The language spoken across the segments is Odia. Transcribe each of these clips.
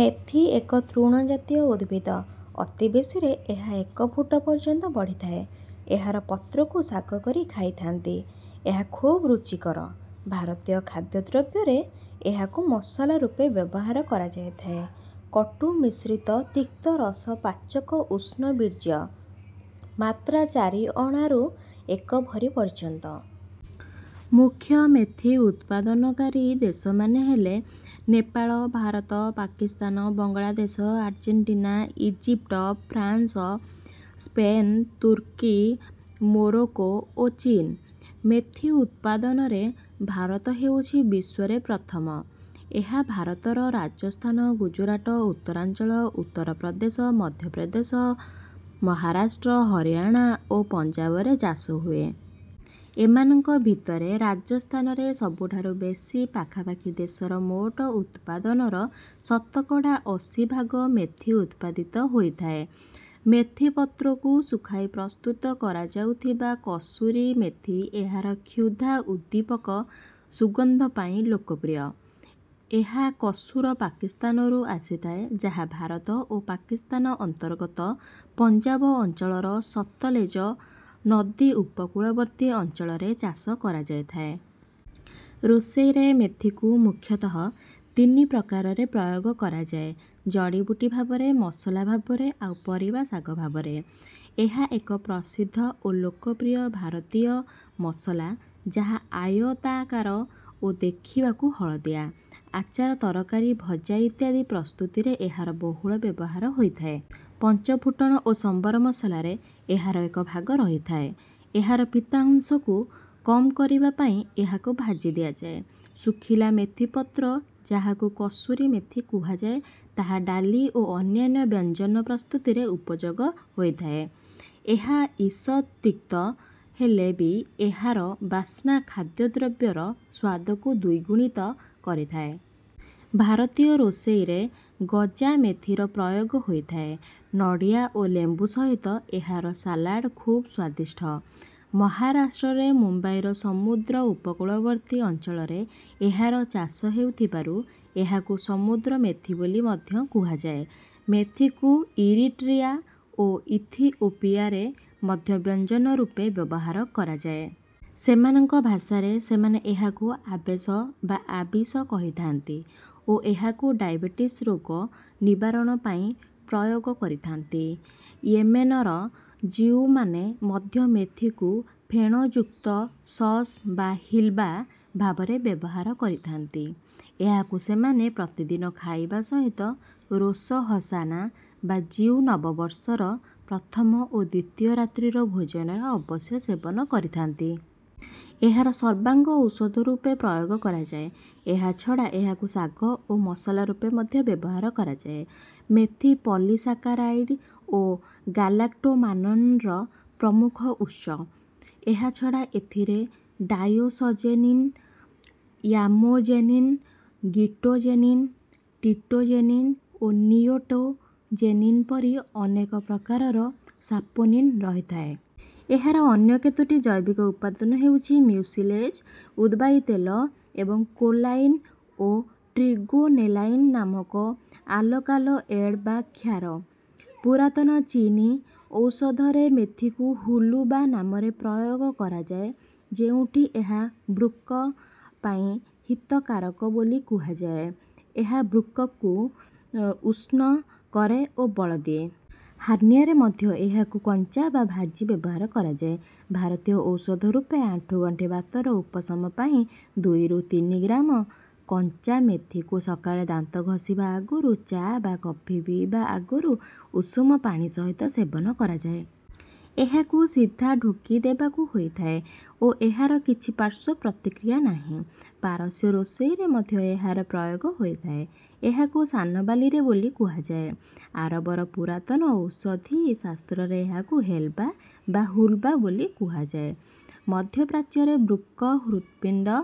ମେଥି ଏକ ତୃଣ ଜାତୀୟ ଉଦ୍ଭିଦ। ଅତି ବେଶୀରେ ଏହା ଏକ ଫୁଟ ପର୍ଯ୍ୟନ୍ତ ବଢ଼ିଥାଏ। ଏହାର ପତ୍ରକୁ ଶାଗ କରି ଖାଇଥାନ୍ତି। ଏହା ଖୁବ୍ ରୁଚିକର। ଭାରତୀୟ ଖାଦ୍ୟଦ୍ରବ୍ୟରେ ଏହାକୁ ମସଲା ରୂପେ ବ୍ୟବହାର କରାଯାଇଥାଏ। କଟୁ ମିଶ୍ରିତ ତିକ୍ତରସ ପାଚକ ଉଷ୍ଣବୀର୍ଯ୍ୟ। ମାତ୍ରା ଚାରିଅଣାରୁ ଏକ ଭରି ପର୍ଯ୍ୟନ୍ତ। ମୁଖ୍ୟ ମେଥି ଉତ୍ପାଦନକାରୀ ଦେଶମାନେ ହେଲେ Nepal Bharat Pakistan Bangladesh Argentina Egypt France Spain ତୁର୍କୀ ମୋରୋକୋ ଓ ଚୀନ୍। ମେଥି ଉତ୍ପାଦନରେ ଭାରତ ହେଉଛି ବିଶ୍ୱରେ ପ୍ରଥମ। ଏହା ଭାରତର ରାଜସ୍ଥାନ ଗୁଜରାଟ ଉତ୍ତରାଞ୍ଚଳ ଉତ୍ତର ପ୍ରଦେଶ ମଧ୍ୟ ପ୍ରଦେଶ ମହାରାଷ୍ଟ୍ର ହରିୟାଣା ଓ ପଞ୍ଜାବରେ ଚାଷ ହୁଏ। ଏମାନଙ୍କ ଭିତରେ ରାଜସ୍ଥାନରେ ସବୁଠାରୁ ବେଶି ପାଖାପାଖି ଦେଶର ମୋଟ ଉତ୍ପାଦନର ଶତକଡ଼ା ଅଶୀ ଭାଗ ମେଥି ଉତ୍ପାଦିତ ହୋଇଥାଏ। ମେଥିପତ୍ରକୁ ଶୁଖାଇ ପ୍ରସ୍ତୁତ କରାଯାଉଥିବା କସୁରି ମେଥି ଏହାର କ୍ଷୁଧା ଉଦ୍ଦୀପକ ସୁଗନ୍ଧ ପାଇଁ ଲୋକପ୍ରିୟ। ଏହା କସୁର ପାକିସ୍ତାନରୁ ଆସିଥାଏ ଯାହା ଭାରତ ଓ ପାକିସ୍ତାନ ଅନ୍ତର୍ଗତ ପଞ୍ଜାବ ଅଞ୍ଚଳର ସତଲେଜ ନଦୀ ଉପକୂଳବର୍ତ୍ତୀ ଅଞ୍ଚଳରେ ଚାଷ କରାଯାଏଥାଏ। ରୋଷେଇରେ ମେଥିକୁ ମୁଖ୍ୟତଃ ତିନି ପ୍ରକାରରେ ପ୍ରୟୋଗ କରାଯାଏ ଜଡ଼ିବୁଟି ଭାବରେ ମସଲା ଭାବରେ ଆଉ ପରିବା ଶାଗ ଭାବରେ। ଏହା ଏକ ପ୍ରସିଦ୍ଧ ଓ ଲୋକପ୍ରିୟ ଭାରତୀୟ ମସଲା ଯାହା ଆୟତାକାର ଓ ଦେଖିବାକୁ ହଳଦିଆ। ଆଚାର ତରକାରି ଭଜା ଇତ୍ୟାଦି ପ୍ରସ୍ତୁତିରେ ଏହାର ବହୁଳ ବ୍ୟବହାର ହୋଇଥାଏ। ପଞ୍ଚଫୁଟଣ ଓ ସମ୍ବର ମସଲାରେ ଏହାର ଏକ ଭାଗ ରହିଥାଏ। ଏହାର ପିତା ଅଂଶକୁ କମ୍ କରିବା ପାଇଁ ଏହାକୁ ଭାଜି ଦିଆଯାଏ। ଶୁଖିଲା ମେଥିପତ୍ର ଯାହାକୁ କସୁରି ମେଥି କୁହାଯାଏ ତାହା ଡାଲି ଓ ଅନ୍ୟାନ୍ୟ ବ୍ୟଞ୍ଜନ ପ୍ରସ୍ତୁତିରେ ଉପଯୋଗ ହୋଇଥାଏ। ଏହା ଈଷତ୍ ତିକ୍ତ ହେଲେ ବି ଏହାର ବାସ୍ନା ଖାଦ୍ୟଦ୍ରବ୍ୟର ସ୍ୱାଦକୁ ଦ୍ୱିଗୁଣିତ କରିଥାଏ। ଭାରତୀୟ ରୋଷେଇରେ ଗଜାମେଥିର ପ୍ରୟୋଗ ହୋଇଥାଏ। ନଡ଼ିଆ ଓ ଲେମ୍ବୁ ସହିତ ଏହାର ସାଲାଡ୍ ଖୁବ୍ ସ୍ୱାଦିଷ୍ଠ। ମହାରାଷ୍ଟ୍ରରେ ମୁମ୍ବାଇର ସମୁଦ୍ର ଉପକୂଳବର୍ତ୍ତୀ ଅଞ୍ଚଳରେ ଏହାର ଚାଷ ହେଉଥିବାରୁ ଏହାକୁ ସମୁଦ୍ର ମେଥି ବୋଲି ମଧ୍ୟ କୁହାଯାଏ। ମେଥିକୁ ଇରିଟ୍ରିଆ ଓ ଇଥିଓପିଆରେ ମଧ୍ୟ ବ୍ୟଞ୍ଜନ ରୂପେ ବ୍ୟବହାର କରାଯାଏ। ସେମାନଙ୍କ ଭାଷାରେ ସେମାନେ ଏହାକୁ ଆବେଶ ବା ଆବିଶ କହିଥାନ୍ତି ଓ ଏହାକୁ ଡାଇବେଟିସ୍ ରୋଗ ନିବାରଣ ପାଇଁ ପ୍ରୟୋଗ କରିଥାନ୍ତି। ୟେମେନର ଜିଉମାନେ ମଧ୍ୟ ମେଥିକୁ ଫେଣଯୁକ୍ତ ସସ୍ ବା ହିଲ୍‌ବା ଭାବରେ ବ୍ୟବହାର କରିଥାନ୍ତି। ଏହାକୁ ସେମାନେ ପ୍ରତିଦିନ ଖାଇବା ସହିତ ରୋଶ ହସାନା ବା ଜିଉ ନବବର୍ଷର ପ୍ରଥମ ଓ ଦ୍ୱିତୀୟ ରାତ୍ରିର ଭୋଜନରେ ଅବଶ୍ୟ ସେବନ କରିଥାନ୍ତି। ଏହାର ସର୍ବାଙ୍ଗ ଔଷଧ ରୂପେ ପ୍ରୟୋଗ କରାଯାଏ। ଏହା ଛଡ଼ା ଏହାକୁ ଶାଗ ଓ ମସଲା ରୂପେ ମଧ୍ୟ ବ୍ୟବହାର କରାଯାଏ। ମେଥି ପଲିସାକାରାଇଡ୍ ଓ ଗାଲାକ୍ଟୋମାନନ୍‌ର ପ୍ରମୁଖ ଉତ୍ସ। ଏହା ଛଡ଼ା ଏଥିରେ ଡାୟୋସଜେନିନ୍ ୟାମୋଜେନିନ୍ ଗିଟୋଜେନିନ୍ ଟିଟୋଜେନିନ୍ ଓ ନିଓଟୋଜେନିନ୍ ପରି ଅନେକ ପ୍ରକାରର ସାପୋନିନ୍ ରହିଥାଏ। ଏହାର ଅନ୍ୟ କେତୋଟି ଜୈବିକ ଉପାଦାନ ହେଉଛି ମ୍ୟୁସିଲେଜ୍ ଉଦ୍‌ବାୟୀ ତେଲ ଏବଂ କୋଲାଇନ୍ ଓ ଟ୍ରିଗୋନେଲାଇନ୍ ନାମକ ଆଲକାଲଏଡ୍ ବା କ୍ଷାର। ପୁରାତନ ଚୀନୀ ଔଷଧରେ ମେଥିକୁ ହୁ-ଲୁ-ବା ନାମରେ ପ୍ରୟୋଗ କରାଯାଏ ଯେଉଁଠି ଏହା ବୃକ୍‌କ ପାଇଁ ହିତକାରକ ବୋଲି କୁହାଯାଏ। ଏହା ବୃକ୍‌କକୁ ଆ ଉଷ୍ଣ କରେ ଓ ବଳ ଦିଏ। ହାର୍ଣ୍ଣିଆରେ ମଧ୍ୟ ଏହାକୁ କଞ୍ଚା ବା ଭାଜି ବ୍ୟବହାର କରାଯାଏ। ଭାରତୀୟ ଔଷଧ ରୂପେ ଆଣ୍ଠୁଗଣ୍ଠି ବାତର ଉପଶମ ପାଇଁ ଦୁଇରୁ ତିନି ଗ୍ରାମ କଞ୍ଚା ମେଥିକୁ ସକାଳେ ଦାନ୍ତ ଘଷିବା ଆଗରୁ ଚା ବା କଫି ପିଇବା ଆଗରୁ ଉଷୁମ ପାଣି ସହିତ ସେବନ କରାଯାଏ। ଏହାକୁ ସିଧା ଢୋକି ଦେବାକୁ ହୋଇଥାଏ ଓ ଏହାର କିଛି ପାର୍ଶ୍ୱ ପ୍ରତିକ୍ରିୟା ନାହିଁ। ପାରସ୍ୟ ରୋଷେଇରେ ମଧ୍ୟ ଏହାର ପ୍ରୟୋଗ ହୋଇଥାଏ। ଏହାକୁ ସାନବାଲିଲେ ବୋଲି କୁହାଯାଏ। ଆରବର ପୁରାତନ ଔଷଧି ଶାସ୍ତ୍ରରେ ଏହାକୁ ହେଲ୍‌ବା ବା ହୁଲ୍‌ବା ବୋଲି କୁହାଯାଏ। ମଧ୍ୟ ପ୍ରାଚ୍ୟରେ ବୃକ୍‌କ ହୃତ୍‌ପିଣ୍ଡ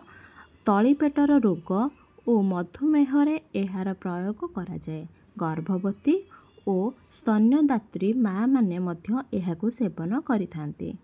ତଳିପେଟର ରୋଗ ଓ ମଧୁମେହରେ ଏହାର ପ୍ରୟୋଗ କରାଯାଏ। ଗର୍ଭବତୀ ଓ ସ୍ତନ୍ୟଦାତ୍ରୀ ମାଆମାନେ ମଧ୍ୟ ଏହାକୁ ସେବନ କରିଥାନ୍ତି।